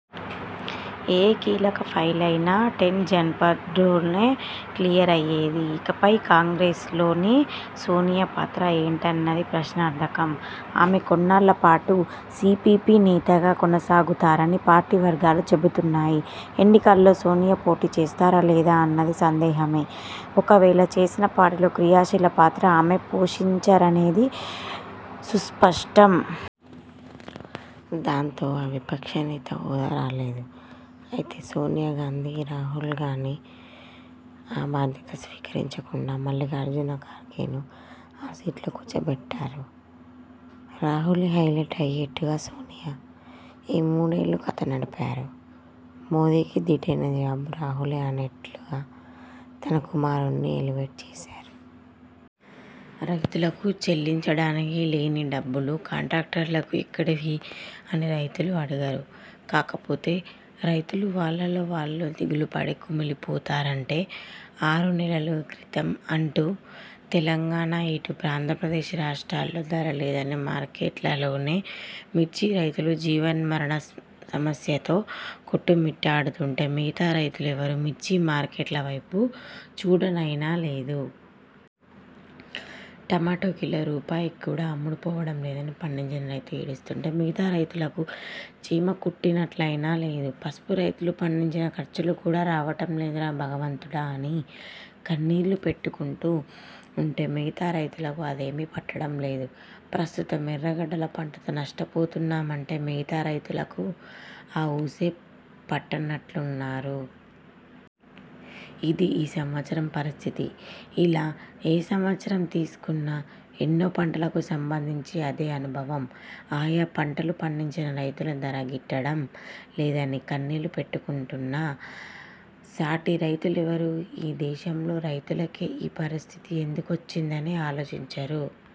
ఏ కీలక ఫైలైనా టెన్ జన్పథ్లోనే క్లియరయ్యేది. ఇకపై కాంగ్రె్సలో సోనియా పాత్ర ఏంటన్నది ప్రశ్నార్థకం. ఆమె కొన్నాళ్ళ పాటు సీపీపీ నేతగా కొనసాగుతారని పార్టీ వర్గాలు చెబుతున్నాయి. ఎన్నికల్లో సోనియా పోటీ చేస్తారా లేదా అన్నది సందేహమే. ఒకవేళ చేసినా పార్టీలో క్రియాశీల పాత్ర ఆమె పోషించరనేది సుస్పష్టం. దాంతో ఆ విపక్షనేత హోదా రాలేదు. అయితే సోనియా గానీ, రాహుల్గానీ ఆ బాధ్యత స్వీకరించకుండా మల్లిఖార్జున ఖర్గేను ఆ సీట్లో కూర్చోపెట్టారు. రాహులే హైలైట్ అయ్యేట్లుగా సోనియా- ఈ మూడేళ్ళూ కథ నడిపారు. మోదీకి దీటైన జవాబు రాహులే అనేట్లుగా తన కుమారుణ్ణి ఎలివేట్ చేశారు. రైతులకు చెల్లించడానికి లేని డబ్బులు కాంట్రాక్టర్లకు ఎక్కడివి అని రైతులు అడగరు. కాకపోతే రైతులు వాళ్ళలో వాళ్ళు దిగులుపడి కుమిలిపోతారంతే. ఆరు నెలల క్రితం అటు తెలంగాణ ఇటు ఆంధ్ర ప్రదేశ్ రాష్ట్రాల్లో ధర లేదని మార్కెట్లలోనే మిర్చి రైతులు జీవన్మరణ సమస్యతో కొట్టుమిట్టాడుతుంటే, మిగతా రైతులెవరూ మిర్చి మార్కెట్ల వైపు చూడనయినా లేదు. టమాటో కిలో రూపాయికి కూడా అమ్ముడుపోవడం లేదని పండించిన రైతు ఏడుస్తుంటే మిగతా రైతులకు చీమకుట్టినట్లయినా లేదు. పసుపురైతులు పండించిన ఖర్చులు కూడా రావడం లేదురా భగవంతుడా అని కన్నీళ్లు పెట్టుకుంటూ ఉంటే మిగతా రైతులకు అదేమీ పట్టడం లేదు. ప్రస్తుతం ఎర్రగడ్డల పంటతో నష్టపోతున్నామంటే మిగతా రైతులు ఆ ఊసే పట్టనట్లున్నారు. ఇది ఈ సంవత్సరం పరిస్థితి. ఇలా ఏ సంవత్సరం తీసుకున్నా, ఎన్నో పంటలకు సంబందించి ఇదే అనుభవం. ఆయా పంటలు పండించిన రైతులు ధర గిట్టడం లేదని కన్నీళ్లు పెట్టుకున్నా, సాటి రైతులెవరూ ఈ దేశంలో రైతులకే ఈ పరిస్థితి ఎందుకొచ్చిందని ఆలోచించరు.